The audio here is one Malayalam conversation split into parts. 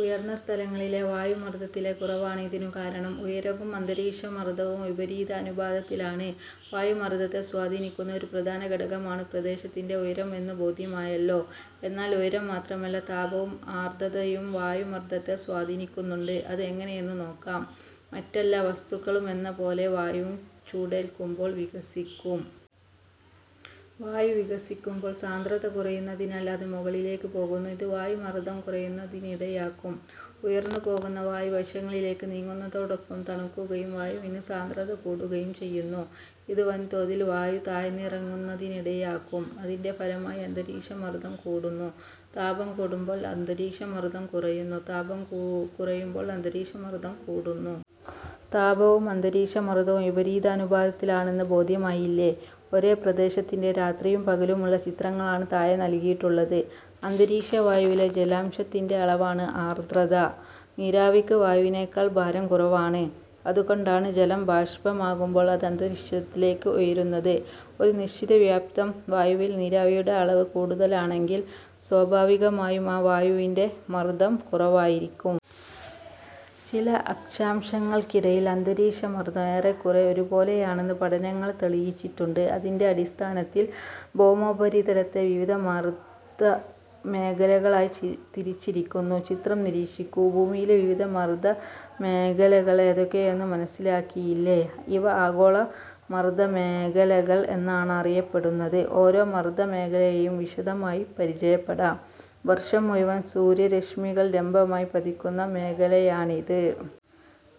ഉയർന്ന സ്ഥലങ്ങളിലെ വായുമർദത്തിലെ കുറവാണ് ഇതിനുകാരണം. ഉയരവും അന്തരീക്ഷമർദവും വിപരീത അനുപാതത്തിലാണ്. വായുമർദത്തെ സ്വാധീനിക്കുന്ന ഒരു പ്രധാന ഘടകമാണ് പ്രദേശത്തിന്റെ ഉയരം എന്നു ബോധ്യമായല്ലോ. എന്നാൽ ഉയരം മാത്രമല്ല, താപവും ആർദ്രതയും വായുമർദത്തെ സ്വാധീനിക്കുന്നുണ്ട്. അത് എങ്ങനെയെന്നു നോക്കാം. മറ്റെല്ലാ വസ്തുക്കളുമെന്നപോലെ വായുവും ചൂടേൽക്കുമ്പോൾ വികസിക്കും. വായു വികസിക്കുമ്പോൾ സാന്ദ്രത കുറയുന്നതിനാൽ അത് മുകളിലേക്ക് പോകുന്നു. ഇത് വായുമർദം കുറയുന്നതിനിടയാക്കും. ഉയർന്നു പോകുന്ന വായു വശങ്ങളിലേക്ക് നീങ്ങുന്നതോടൊപ്പം തണുക്കുകയും വായുവിന് സാന്ദ്രത കൂടുകയും ചെയ്യുന്നു. ഇത് വൻതോതിൽ വായു താഴ്ന്നിറങ്ങുന്നതിനിടയാക്കും. അതിന്റെ ഫലമായി അന്തരീക്ഷമർദം കൂടുന്നു. താപം കൂടുമ്പോൾ അന്തരീക്ഷമർദം കുറയുന്നു. താപം കുറയുമ്പോൾ അന്തരീക്ഷമർദം കൂടുന്നു. താപവും അന്തരീക്ഷമർദവും വിപരീതാനുപാതത്തിലാണെന്ന് ബോധ്യമായില്ലേ. ഒരേ പ്രദേശത്തിന്റെ രാത്രിയും പകലുമുള്ള ചിത്രങ്ങളാണ് താഴെ നൽകിയിട്ടുള്ളത്. അന്തരീക്ഷവായുവിലെ ജലാംശത്തിന്റെ അളവാണ് ആർദ്രത. നീരാവിക്ക് വായുവിനെക്കാൾ ഭാരം കുറവാണ്. അതുകൊണ്ടാണ് ജലം ബാഷ്പമാകുമ്പോൾ അത് അന്തരീക്ഷത്തിലേക്ക് ഉയരുന്നത്. ഒരു നിശ്ചിത വ്യാപ്തം വായുവിൽ നീരാവിയുടെ അളവ് കൂടുതലാണെങ്കിൽ സ്വാഭാവികമായും ആ വായുവിന്റെ മർദം കുറവായിരിക്കും. ചില അക്ഷാംശങ്ങൾക്കിടയിൽ അന്തരീക്ഷ മർദം ഏറെക്കുറെ ഒരുപോലെയാണെന്ന് പഠനങ്ങൾ തെളിയിച്ചിട്ടുണ്ട്. അതിന്റെ അടിസ്ഥാനത്തിൽ ഭൗമോപരിതലത്തെ വിവിധ മർദമേഖലകളായി തിരിച്ചിരിക്കുന്നു. ചിത്രം നിരീക്ഷിക്കൂ. ഭൂമിയിലെ വിവിധ മർദമേഖലകൾ ഏതൊക്കെയെന്നു മനസിലാക്കിയില്ലേ. ഇവ ആഗോള മർദമേഖലകൾ എന്നാണറിയപ്പെടുന്നത്. ഓരോ മർദമേഖലയെയും വിശദമായി പരിചയപ്പെടാം. വർഷം മുഴുവൻ സൂര്യരശ്മികൾ ലംബമായി പതിക്കുന്ന മേഖലയാണിത്.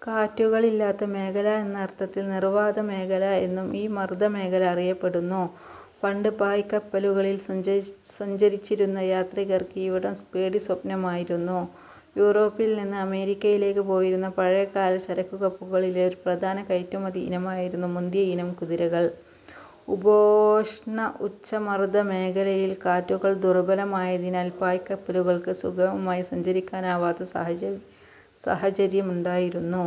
കാറ്റുകളില്ലാത്ത മേഖല എന്ന അർഥത്തിൽ "നിർവാതമേഖല' എന്നും ഈ മർദ മേഖല അറിയപ്പെടുന്നു. പണ്ടു പായ്ക്കപ്പലുകളിൽ സഞ്ചരിച്ചിരുന്ന യാത്രികർക്ക് ഇവിടം പേടിസ്വപ്നമായിരുന്നു. യൂറോപ്പിൽ നിന്ന് അമേരിക്കയിലേക്ക് പോയിരുന്ന പഴയകാല ചരക്കുകപ്പലുകളിലെ ഒരു പ്രധാന കയറ്റുമതി ഇനമായിരുന്നു മുന്തിയ ഇനം കുതിരകൾ. ഉപോഷ്ണ ഉച്ചമർദമേഖലയിൽ കാറ്റുകൾ ദുർബലമായതിനാൽ പായ്ക്കപ്പലുകൾക്ക് സുഗമമായി സഞ്ചരിക്കാനാവാത്ത സാഹചര്യമുണ്ടായിരുന്നു.